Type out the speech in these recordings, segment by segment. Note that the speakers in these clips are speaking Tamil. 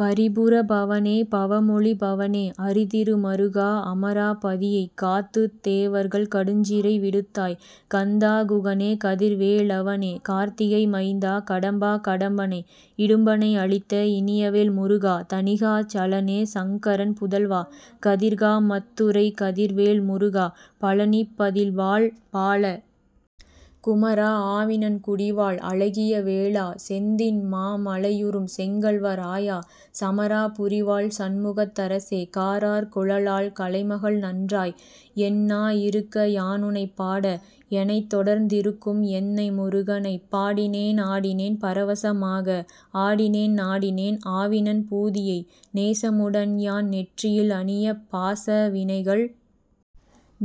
பரிபுர பவனே பவமொளி பவனே அரிதிரு மருகா அமாராபதியைக் காத்துத் தேவர்கள் கடுஞ்சிறை விடுத்தாய் கந்தா குகனே கதிர் வேலவனே கார்த்திகை மைந்தா கடம்பா கடம்பனை இடும்பனை அழித்த இனியவேல் முருகா தணிகா சலனே சங்கரன் புதல்வா கதிர்காமத்துறை கதிர்வேல் முருகா பழநிப் பதிவாழ் பால குமாரா ஆவினன்குடிவாழ் அழகிய வேலா செந்தின் மாமலையுறும் செங்கல்வராயா சமராபுரிவாழ் சண்முகத் தரசே காரார் குழலாள் கலைமகள் நன்றாய் என் நாஇருக்க யானுனைப் பாட எனைத்தொடர்ந்திருக்கும் எந்தை முருகனைப் பாடினேன் ஆடினேன் பரவசமாக ஆடினேன் நாடினேன் ஆவினன் பூதியை நேசமுடன் யான் நெற்றியில் அணியப் பாசவினைகள்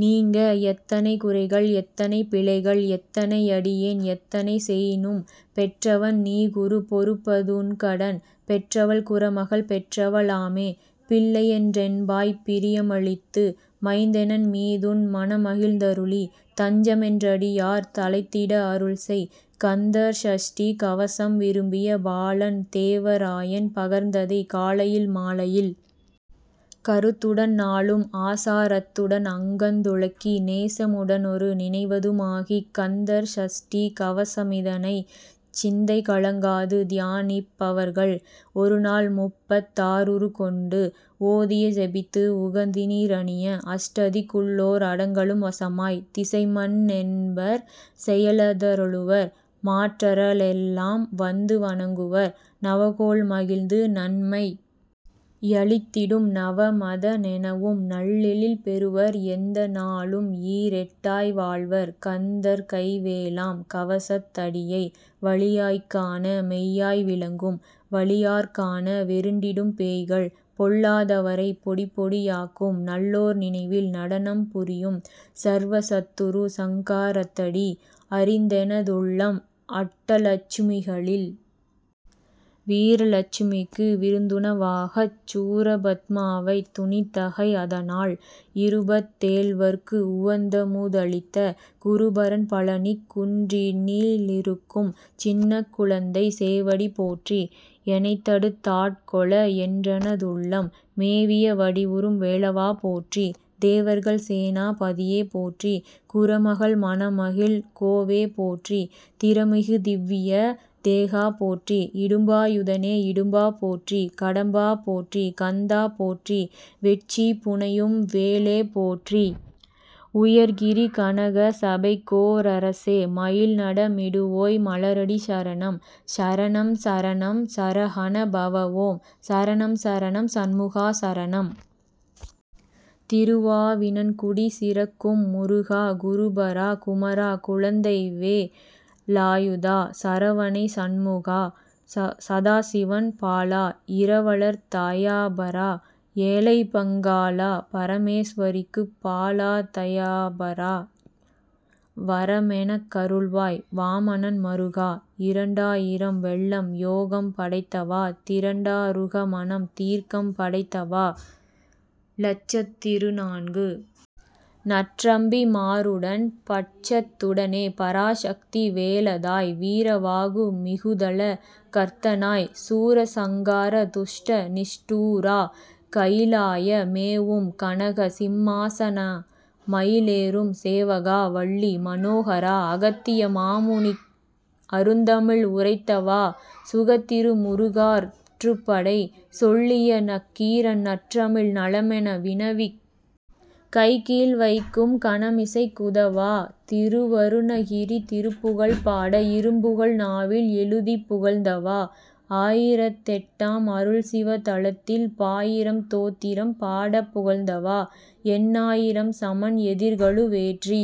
நீங்க எத்தனைகுறைகள் எத்தனை பிழைகள் எத்தனை யடியேன் எத்தனை செயினும் பெற்றவன் நீகுரு பொறுப்ப துன்கடன் பெற்றவள் குறமகள் பெற்றவ ளாமே பிள்ளையென்றன்பாய்ப் பிரிய மளித்து மைந்தனென்மீதுன் மனமகிழ்ந் தருளி தஞ்சமென்றடியார் தழைத்திட அருள்செய் கந்தர் சஷ்டிகவசம் விரும்பிய பாலன் தேவராயன் பகர்ந்ததை காலையில் மாலையில் கருத்துடன் நாளும் ஆசா ரத்துடன் அங்கந் துலக்கி நேசமுடனொரு நினைவதுமாகிக் கந்தர் சஷ்டிக்கவசமிதனைச் சிந்தை கலங்காது தியானிப்பவர்கள் ஒருநாள் முப்பத்தாறுருக்கொண்டு ஓதியே செபித்து உகந்துநீ றணிய அஷ்டதிக் குள்ளோர் அடங்கலும் வசமாய்த் திசைமன்ன ரெண்மர் செயல தருளுவர் மாற்றலரெல்லாம் வந்து வணங்குவர் நவகோள் மகிழ்ந்து நன்மை யளித்திடும் நவமத னெனவும் நல்லெழில் பெறுவர் எந்த நாளும் ஈரெட்டாய் வாழ்வர் கந்தர் கைவேலாம் கவசத் தடியை வழியாய்க்காண மெய்யாய் விளங்கும் விழியாற்காண வெருண்டிடும் பேய்கள் பொல்லா தவரைப் பொடிபொடியாக்கும் நல்லோர் நினைவில் நடனம் புரியும் சர்வ சத்துரு சங்கா ரத்தடி அறிந்தெனதுள்ளம் அட்டலட்சு மிகளில் வீரலட்சுமிக்கு விருந்துணவாகச் சூரபத்மாவைத் துணித்தகை அதனால் இருபத் தேழ்வர்க்கு உவந்தமு தளித்த குருபரன் பழநிக் குன்றிலி ருக்கும் சின்னக் குழந்தை சேவடி போற்றி எனைத்தடுத் தாட்கொள என்றன துள்ளம் மேவிய வடிவுறும் வேலவா போற்றி தேவர்கள் சேனா பதியே போற்றி குறமகள் மனமகிழ்கோவே போற்றி திறமிகு திவ்விய தேகா போற்றி இடும்பா யுதனே இடும்பா போற்றி கடம்பா போற்றி கந்தா போற்றி வெட்சி புனையும் வேளே போற்றி உயர்கிரி கனகசபைக்கோ ரரசே மயில் நடமிடுவோய் மலரடி சரணம் சரணம் சரணம் சரஹண பவஓம் சரணம் சரணம் சண்முகா சரணம்! திருவாவினன்குடி சிறக்கும் முருகா குருபரா குமரா குழந்தைவே லாயுதா சரவணை சண்முகா சதாசிவன் பாலா இரவலர் தயாபரா ஏழைபங் காளா பரமேஸ் வரிக்குப் பாலா தயாபரா வரமெனக் அருள்வாய் வாமனன் மருகா இரண்டா யிரம் வெள்ளம் யோகம் படைத்தவா திரண்டா ருகமனம் தீர்க்கம் படைத்தவா இலட்சத்திருநான்கு நற்றம்பி மாருடன் பட்சத்துடனே பராசக்தி வேலதாய் வீர வாகு மிகுதள கர்த்தனாய் சூர சங்காரா துஷ்ட நிஷ்டூரா கயிலாய மேவும் கனக சிம்மாசனா மயிலேறும் சேவகா வள்ளி மனோகரா அகத்திய மாமுனிக் அருந்தமிழ் உரைத்தவா சுகத்திரு முறுகாற் றுப்படை சொல்லிய நக்கீரன் நற்றமிழ் நலமென வினவிக் கைக்கீழ் வைக்கும் கனமிசைக் குதவா திருவருணகிரி திருப்புகழ் பாட இரும்புகழ் நாவில் எழுதிப் புகழ்ந்தவா ஆயிரத்தெட்டாம் அருள்சிவ தலத்தில் பாயிரம் தோத்திரம் பாடப் புகழ்ந்தவா எண்ணா யிரம் சமண் எதிர்கழு வேற்றி